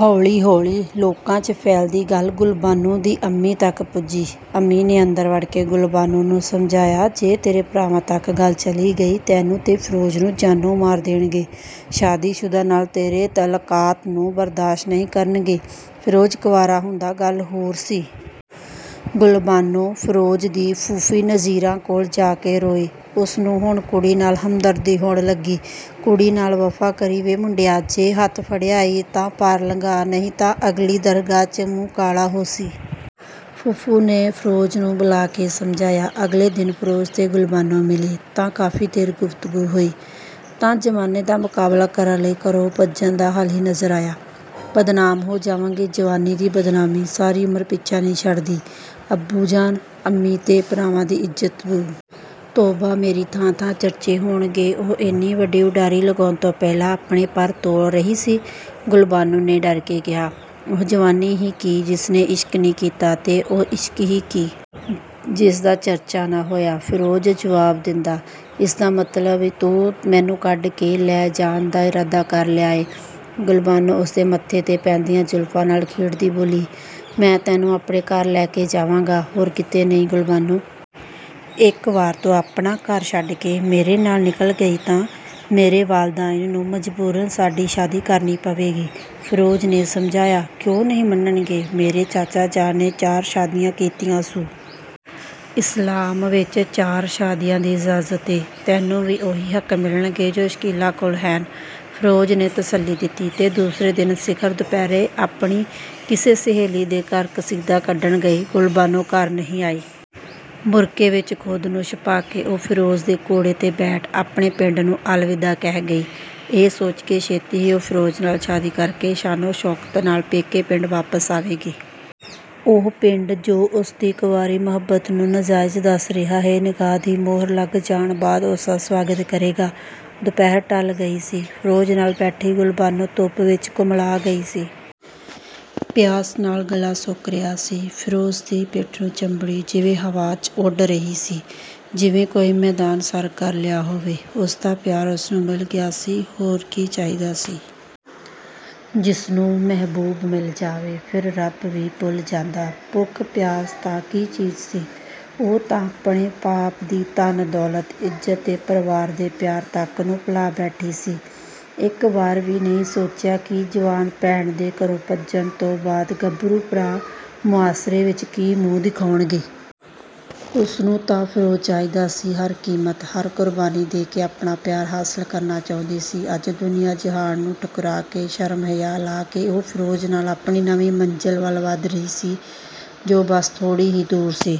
ਹੌਲੀ ਹੌਲੀ ਲੋਕਾਂ, ਚ' ਫੈਲਦੀ ਗੱਲ ਗੁਲਬਾਨੋ ਦੀ ਅੰਮੀ ਤੱਕ ਪੁੱਜੀ। ਅੰਮੀ ਨੇ ਅੰਦਰ ਵੜਕੇ ਗੁਲਬਾਨੋ ਨੂੰ ਸਮਝਾਇਆ ਜੇ ਤੇਰੇ ਭਰਾਵਾਂ ਤੱਕ ਗੱਲ ਚਲੀ ਗਈ ਤੈਨੂੰ ਤੇ ਫਿਰੋਜ਼ ਨੂੰ ਜਾਨੋ ਮਾਰ ਦੇਣਗੇ। ਸ਼ਾਦੀਸ਼ੁਦਾ ਨਾਲ ਤੇਰੇ ਤਅਲੁਕਾਤ ਨੂੰ ਬਰਦਾਸ਼ਤ ਨਹੀ ਕਰਨਗੇ, ਫਿਰੋਜ਼ ਕੁਆਰਾ ਹੁੰਦਾ ...ਗੱਲ ਹੋਰ ਸੀ। ਗੁਲਬਾਨੋ, ਫਿਰੋਜ਼ ਦੀ ਫੂਫੀ ਨਜ਼ੀਰਾਂ ਕੋਲ ਜਾ ਕੇ ਰੋਈ। ਉਸ ਨੂੰ ਹੁਣ ਕੁੜੀ ਨਾਲ ਹਮਦਰਦੀ ਹੋਣ ਲੱਗੀ। "ਕੁੜੀ ਨਾਲ ਵਫ਼ਾ ਕਰੀ ਵੇ ਮੁੰਡਿਆ, ਜੇ ਹੱਥ ਫੜਿਆ ਈ ਤਾਂ ਪਾਰ ਲੰਘਾ ਨਹੀ ਤਾਂ ਅਗਲੀ ਦਰਗਾਹ, ਚ' ਮੂੰਹ ਕਾਲਾ ਹੋਸੀ".. ਫੂਫੋ ਨੇ ਫਿਰੋਜ਼ ਨੂੰ ਬੁਲਾ ਕੇ ਸਮਝਾਇਆ। ਅਗਲੇ ਦਿਨ ਫਿਰੋਜ਼ ਤੇ ਗੁਲਬਾਨੋ ਮਿਲੇ ਤਾਂ ਕਾਫੀ ਦੇਰ ਗੁਫਤਗੂ ਹੋਈ ਤਾਂ…. ਜ਼ਮਾਨੇ ਦਾ ਮੁਕਾਬਲਾ ਕਰਨ ਲਈ ਘਰੋ ਭੱਜਣ ਦਾ ਹੱਲ ਹੀ ਨਜ਼ਰ ਆਇਆ। "ਬਦਨਾਮ ਹੋ ਜਾਵਾਂਗੇ"… ਜਵਾਨੀ ਦੀ ਬਦਨਾਮੀ ਸਾਰੀ ਉਮਰ ਪਿੱਛਾ ਨਹੀ ਛੱਡਦੀ, ਅੱਬੂ ਜਾਨ, ਅੰਮੀ ਤੇ ਭਰਾਵਾਂ ਦੀ ਇੱਜਤ ਬੂ"…. ਤੋਬਾ ਮੇਰੀ ਥਾਂ ਥਾਂ ਚਰਚੇ ਹੋਣਗੇ। ਉਹ ਇੰਨੀ ਵੱਡੀ ਉਡਾਰੀ ਲਗਾਉਣ ਤੋਂ ਪਹਿਲਾਂ ਆਪਣੇ ਪਰ ਤੋਲ ਰਹੀ ਸੀ…. ਗੁਲਬਾਨੋ ਨੇ ਡਰ ਕੇ ਕਿਹਾ.. "ਉਹ ਜਵਾਨੀ ਹੀ ਕੀ.. ਜਿਸ ਨੇ ਇਸ਼ਕ ਨੀ ਕੀਤਾ ..ਤੇ ਉਹ ਇਸ਼ਕ ਹੀ ਕੀ.. ਜਿਸ ਦਾ ਚਰਚਾ ਨਾ ਹੋਇਆ.. ਫਿਰੋਜ਼ ਜੁਵਾਬ ਦਿੰਦਾ। ਇਸ ਦਾ ਮਤਲਬ ਈ, ਤੂੰ ਮੈਨੂੰ ਕੱਢ ਕੇ ਲੈ ਜਾਣ ਦਾ ਇਰਾਦਾ ਕਰ ਲਿਆ ਏ..! ਗੁਲਬਾਨੋ ਉਸਦੇ ਮੱਥੇ ਤੇ ਪੈਂਦੀਆਂ ਜ਼ੁਲਫ਼ਾ ਨਾਲ ਖੇਡਦੀ ਬੋਲੀ… "ਮੈਂ ਤੈਨੂੰ ਆਪਣੇ ਘਰ ਲੈ ਕੇ ਜਾਵਾਂਗਾ, ਹੋਰ ਕਿਤੇ ਨੀ ਗੁਲਬਾਨੋ"….. ਇੱਕ ਵਾਰ ਤੂੰ ਆਪਣਾ ਘਰ ਛੱਡਕੇ ਮੇਰੇ ਨਾਲ ਨਿਕਲ ਗਈ ਤਾਂ ,ਮੇਰੇ ਵਾਲਦਾਇਨ ਨੂੰ ਮਜਬੂਰਨ ਸਾਡੀ ਸ਼ਾਦੀ ਕਰਨੀ ਪਵੇਗੀ.. ਫਿਰੋਜ਼ ਨੇ ਸਮਝਾਇਆ। "ਕਿਉ ਨਹੀ ਮੰਨਣਗੇ..! ਮੇਰੇ ਚਾਚਾ ਜਾਨ ਨੇ ਚਾਰ ਸ਼ਾਦੀਆ ਕੀਤੀਆ ਸੂ। ਇਸਲਾਮ ਵਿੱਚ ਚਾਰ ਸ਼ਾਦੀਆ ਦੀ ਇਜ਼ਾਜਤ ਏ। ਤੈਨੂੰ ਵੀ ਉਹੀ ਹੱਕ ਮਿਲਣਗੇ ਜੋ ਸ਼ਕੀਲਾ ਕੋਲ ਹੈਨ.. ਫਿਰੋਜ਼ ਨੇ ਤਸੱਲੀ ਦਿਤੀ। ਤੇ ਦੂਸਰੇ ਦਿਨ ਸਿਖਰ ਦੁਪਹਿਰੇ ਆਪਣੀ ਕਿਸੇ ਸਹੇਲੀ ਦੇ ਘਰ ਕਸੀਦਾ ਕੱਢਣ ਗਈ ਗੁਲਬਾਨੋ ਘਰ ਨਹੀ ਆਈ। ਬੁਰਕੇ ਵਿੱਚ ਖ਼ੁਦ ਨੂੰ ਛੁਪਾਕੇ ਉਹ ਫਿਰੋਜ਼ ਦੇ ਘੋੜੇ ਤੇ ਬੈਠ ਆਪਣੇ ਪਿੰਡ ਨੂੰ ਅਲਵਿਦਾ ਕਹਿ ਗਈ। ਇਹ ਸੋਚ ਕੇ, ਛੇਤੀ ਹੀ ਉਹ ਫਿਰੋਜ਼ ਨਾਲ ਸ਼ਾਦੀ ਕਰਕੇ.. ਸ਼ਾਨੋ-ਸ਼ੌਕਤ ਨਾਲ ਪੇਕੇ ਪਿੰਡ ਵਾਪਸ ਆਵੇਗੀ। ਉਹ ਪਿੰਡ, ਜੋ ਉਸਦੀ ਕੰਵਾਰੀ ਮੁਹੱਬਤ ਨੂੰ ਨਜ਼ਾਇਜ ਦੱਸ ਰਿਹਾ ਏ, ਨਿਕਾਹ ਦੀ ਮੋਹਰ ਲੱਗ ਜਾਣ ਬਾਅਦ ਉਸ ਦਾ ਸੁਆਗਤ ਕਰੇਗਾ? ਦੁਪਹਿਰ ਢਲ ਗਈ ਸੀ, ਫਿਰੋਜ਼ ਨਾਲ ਬੈਠੀ ਗੁਲਬਾਨੋ ਧੁੱਪ ਵਿੱਚ ਕੁਮਲਾ ਗਈ ਸੀ। ਪਿਆਸ ਨਾਲ ਗਲਾ ਸੁੱਕ ਰਿਹਾ ਸੀ। ਫਿਰੋਜ਼ ਦੀ ਪਿੱਠ ਨੂੰ ਚੰਬੜੀ, ਜਿਵੇ ਹਵਾ, ਚ' ਉਡ ਰਹੀ ਸੀ। ਜਿਵੇ ਕੋਈ ਮੈਦਾਨ ਸਰ ਕਰ ਲਿਆ ਹੋਵੇ। ਉਸਦਾ ਪਿਆਰ ਉਸਨੂੰ ਮਿਲ ਗਿਆ ਸੀ, ਹੋਰ ਕੀ ਚਾਹੀਦਾ ਸੀ। ਜਿਸ ਨੂੰ ਮਹਿਬੂਬ ਮਿਲ ਜਾਵੇ.. ਫਿਰ ਰੱਬ ਵੀ ਭੁੱਲ ਜਾਂਦਾ। ਭੁੱਖ-ਪਿਆਸ ਤਾਂ ਕੀ ਚੀਜ਼ ਸੀ, ਉਹ ਤਾਂ ਆਪਣੇ ਬਾਪ ਦੀ ਧਨ-ਦੌਲਤ, ਇੱਜਤ ਤੇ ਪਰਿਵਾਰ ਦੇ ਪਿਆਰ ਤੱਕ ਨੂੰ ਭੁਲਾ ਬੈਠੀ ਸੀ। ਇੱਕ ਵਾਰ ਵੀ ਨਹੀ ਸੋਚਿਆ, ਕਿ ਜਵਾਨ ਭੈਣ ਦੇ ਘਰੋ ਭੱਜਣ ਤੋਂ ਬਾਅਦ ਗੱਭਰੂ ਭਰਾ ਮੁਆਸ਼ਰੇ ਵਿੱਚ ਕੀ ਮੂੰਹ ਦਿਖਾਉਣਗੇ? ਉਸਨੂੰ ਤਾਂ ਫਿਰੋਜ਼ ਚਾਹੀਦਾ ਸੀ, ਹਰ ਕੀਮਤ, ਹਰ ਕੁਰਬਾਨੀ ਦੇ ਕੇ ਆਪਣਾ ਪਿਆਰ ਹਾਸ਼ਲ ਕਰਨਾ ਚਾਹੁੰਦੀ ਸੀ। ਅੱਜ ਦੁਨੀਆ ਜਹਾਨ ਨੂੰ ਠੁਕਰਾ ਕੇ ,ਸ਼ਰਮ-ਹਯਾ ਲਾਹ ਕੇ ਉਹ ਫਿਰੋਜ਼ ਨਾਲ ਆਪਣੀ ਨਵੀ ਮੰਜ਼ਿਲ ਵੱਲ ਵੱਧ ਰਹੀ ਸੀ, ਜੋ ਬਸ ਥੋੜ੍ਹੀ ਹੀ ਦੂਰ ਸੀ।